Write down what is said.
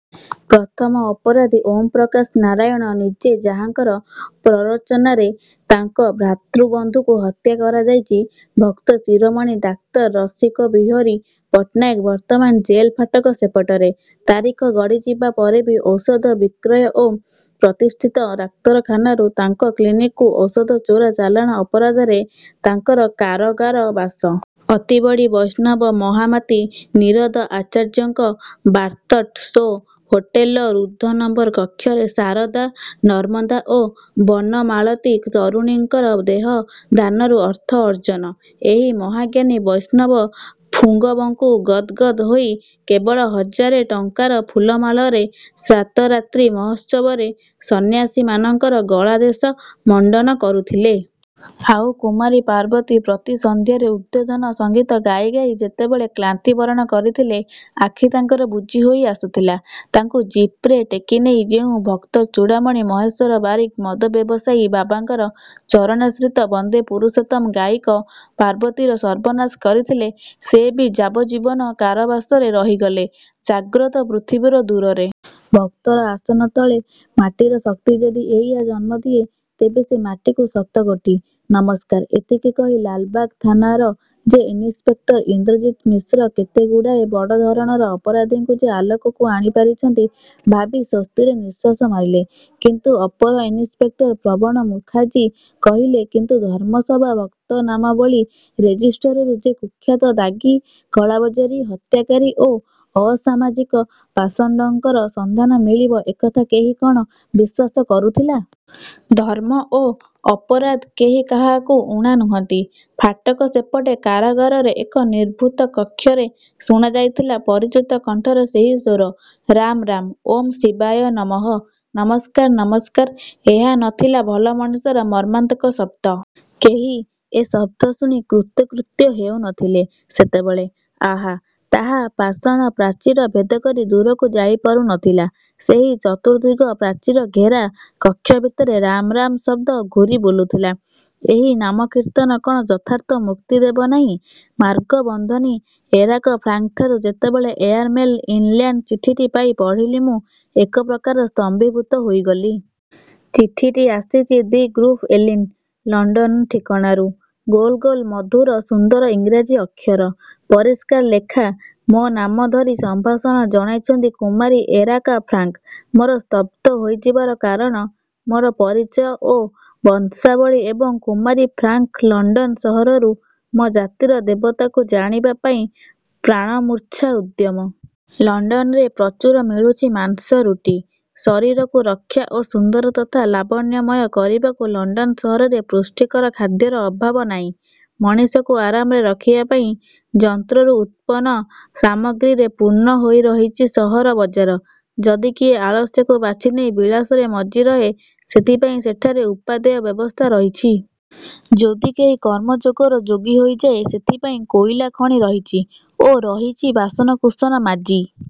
ପ୍ରଥମ ଅପରାଧୀ ଓଁ ପ୍ରକାଶ ନାରାୟଣ ନିଜେ ଯାହାଙ୍କର ପ୍ରରୋଚନାରେ ତାଙ୍କ ଭ୍ରାତୃବନ୍ଧୁଙ୍କୁ ହତ୍ୟା କରାଯାଇଛି, ଭକ୍ତଶିରୋମଣି ଡାକ୍ତର ରସିକବିହରୀ ପଟ୍ଟନାୟକ ବର୍ତ୍ତମାନ ଜେଲ୍ ଫାଟକ ସେପଟରେ। ତାରିଖ ଗଡ଼ିଯିବା ପରେ ବି ଔଷଧ ବିକ୍ରୟ ଓ ପ୍ରତିଷ୍ଠିତ ଡାକ୍ତରଖାନାରୁ ତାଙ୍କ କ୍ଲିନିକକୁ ଔଷଧ ଚୋରା ଚାଲାଣ ଅପରାଧରେ ତାଙ୍କର କାରଗାର ବାସ। ଅତିବଡ଼ି ବୈଷ୍ଣବ ମହାମାତୀ ନୀରୋଦ ଆଚାର୍ଯ୍ୟଙ୍କ "ବାର୍ତ୍ତଟ୍ ସୋ" ହୋଟେଲର ରୁଦ୍ଧ ନମ୍ବର କକ୍ଷରେ ଶାରଦା, ନର୍ମଦା ଓ ବନମାଳତୀ ତରୁଣୀଙ୍କର ଦେହ ଦାନରୁ ଅର୍ଥ ଅର୍ଜନ। ଏହି ମହାଜ୍ଞାନୀ ବୈଷ୍ଣବ ପୁଙ୍ଗବଙ୍କୁ ଗଦ୍ ଗଦ୍ ହୋଇ କେବଳ ହଜାରେ ଟଙ୍କାର ଫୁଲମାଳରେ ସାତରାତ୍ରି ମହୋତ୍ସବରେ ସନ୍ନ୍ୟାସୀମାନଙ୍କର ଗଳାଦେଶ ମଣ୍ଡନ କରୁଥିଲେ। ଆଉ କୁମାରୀ ପାର୍ବତୀ ପ୍ରତି ସନ୍ଧ୍ୟାରେ ଉଦ୍ବୋଧନ ସଙ୍ଗୀତ ଗାଇ ଗାଇ ଯେତେବେଳେ କ୍ଳାନ୍ତି ବରଣ କରିଥିଲେ, ଆଖି ତାଙ୍କର ବୁଜି ହୋଇ ଆସୁଥିଲା, ତାଙ୍କୁ ଜିପ୍ରେ ଟେକି ନେଇ ଯେଉଁ ଭକ୍ତଚୂଡ଼ାମଣି ମହେଶ୍ୱର ବାରିକ ମଦ ବ୍ୟବସାୟୀ ବାବାଙ୍କର ଚରଣାଶ୍ରିତ 'ବନ୍ଦେ ପୁରୁଷୋତ୍ତମ' ଗାୟିକ ପାର୍ବତୀର ସର୍ବନାଶ କରିଥିଲେ, ସେ ବି ଯାବଜ୍ଜୀବନ କାରାବାସରେ ରହିଗଲେ ଜାଗ୍ରତ ପୃଥିବୀର ଦୂରରେ। "ଭକ୍ତର ଆସନ ତଳେ ମାଟିର ଶକ୍ତି ଯଦି ଏଇଆ ଜନ୍ମଦିଏ, ତେବେ ସେ ମାଟିକୁ ଶତକୋଟି ନମସ୍କାର" ଏତିକି କହି ଲାଲବାଗ ଥାନାର ଯେ ଇନିସ୍ପେକ୍ଟର ଇନ୍ଦ୍ରଜିତ୍ ମିଶ୍ର କେତେଗୁଡ଼ାଏ ବଡ଼ ଧରଣର ଅପରାଧୀଙ୍କୁ ଯେ ଆଲୋକକୁ ଆଣିପାରିଛନ୍ତି, ଭାବି ସ୍ଵସ୍ତିରେ ନିଃଶ୍ୱାସ ମାରିଲେ। "-କିନ୍ତୁ" ଅପର ଇନିସ୍ପେକଟର ପ୍ରବଣ ମୁଖାର୍ଜି କହିଲେ, "କିନ୍ତୁ ଧର୍ମସଭା ଭକ୍ତନାମାବଳୀ ରେଜିଷ୍ଟରରୁ ଯେ କୁଖ୍ୟାତ ଦାଗୀ, କଳାବଜାରୀ, ହତ୍ୟାକାରୀ ଓ ଅସାମାଜିକ ପାଷଣ୍ଡଙ୍କର ସନ୍ଧାନ ମିଳିବ, ଏକଥା କେହି କଅଣ ବିଶ୍ୱାସ କରୁଥିଲା? ଧର୍ମ ଓ ଅପରାଧ କେହି କାହାକୁ ଊଣା ନୁହନ୍ତି। ଫାଟକ ସେପଟେ କାରାଗାରର ଏକ ନିଭୃତ କକ୍ଷରେ ଶୁଣାଯାଇଥିଲା, ପରିଚିତ କଣ୍ଠର ସେହି ସ୍ଵର "ରାମ୍ ରାମ୍, ଓଁ ଶିବାୟ ନମଃ, ନମସ୍କାର… ନମସ୍କାର। " ଏହା ନ ଥିଲା ଭଲ ମଣିଷର ମର୍ମାନ୍ତକ ଶବ୍ଦ। କେହି ଏ ଶବ୍ଦ ଶୁଣି କୃତକୃତ୍ୟ ହେଉ ନଥିଲେ ସେତେବେଳେ। ଆହା! ତାହା ପାଷାଣ ପ୍ରାଚୀର ଭେଦକରି ଦୂରକୁ ଯାଇପାରୁନଥିଲା। ସେହି ଚତୁର୍ଦ୍ଦିଗ ପ୍ରାଚୀର-ଘେରା କକ୍ଷଭିତରେ ରାମ୍ ରାମ୍ ଶବ୍ଦ ଘୂରିବୁଲୁଥିଲା। ଏହି ନାମକୀର୍ତ୍ତନ କଅଣ ଯଥାର୍ଥ ମୁକ୍ତି ଦେବନାହିଁ? ମାର୍ଗ-ବନ୍ଧନୀ ଏରାକା ଫ୍ରାଙ୍କ୍ଠାରୁ ଯେତେବେଳେ ଏଆର୍ ମେଲ୍ ଇନ୍ଲ୍ୟାଣ୍ଡ ଚିଠିଟି ପାଇ ପଢ଼ିଲି ମୁଁ ଏକପ୍ରକାର ସ୍ତମ୍ଭୀଭୂତ ହୋଇଗଲି। ଚିଠିଟି ଆସିଛି, ଦି' ଗ୍ରୁଭ ଏଲିଣ୍ଡ୍, ଲଣ୍ଡନ ଠିକଣାରୁ। ଗୋଲ ଗୋଲ ମଧୁର ସୁନ୍ଦର ଇଂରାଜୀ ଅକ୍ଷର। ପରିଷ୍କାର ଲେଖା। ମୋ ନାମ ଧରି ସମ୍ଭାଷଣ ଜଣାଇଛନ୍ତି କୁମାରୀ ଏରାକା ଫ୍ରାଙ୍କ୍। ମୋର ସ୍ତବ୍ଧ ହୋଇଯିବାର କାରଣ, ମୋର ପରିଚୟ ଓ ବଂଶାବଳୀ ଏବଂ କୁମାରୀ ଫ୍ରାଙ୍କ୍ର ଲଣ୍ଡନ ସହରରୁ ମୋ ଜାତିର ଦେବତାକୁ ଜାଣିବା ପାଇଁ ପ୍ରାଣମୂର୍ଚ୍ଛା ଉଦ୍ୟମ। ଲଣ୍ଡନରେ ପ୍ରଚୁର ମିଳୁଛି ମାଂସ, ରୁଟି। ଶରୀରକୁ ରକ୍ଷା ଓ ସୁନ୍ଦର ତଥା ଲାବଣ୍ୟମୟ କରିବାକୁ ଲଣ୍ଡନ ସହରରେ ପୁଷ୍ଟିକର ଖାଦ୍ୟର ଅଭାବ ନାହିଁ। ମଣିଷକୁ ଆରାମରେ ରଖିବାପାଇଁ ଯନ୍ତ୍ରରୁ ଉତ୍ପନ୍ନ ସାମଗ୍ରୀରେ ପୂର୍ଣ୍ଣ ହୋଇ ରହିଛି ସହର ବଜାର। ଯଦି କିଏ ଆଳସ୍ୟକୁ ବାଛି ନେଇ ବିଳାସରେ ମଜ୍ଜି ରହେ, ସେଥିପାଇଁ ସେଠାରେ ଉପାଦେୟ ବ୍ୟବସ୍ଥା ରହିଛି। ଯଦି କେହି କର୍ମଯୋଗର ଯୋଗୀ ହୋଇଯାଏ, ସେଥିପାଇଁ କୋଇଲା ଖଣି ରହିଛି ଓ ରହିଛି ବାସନକୁସନ ମାଜି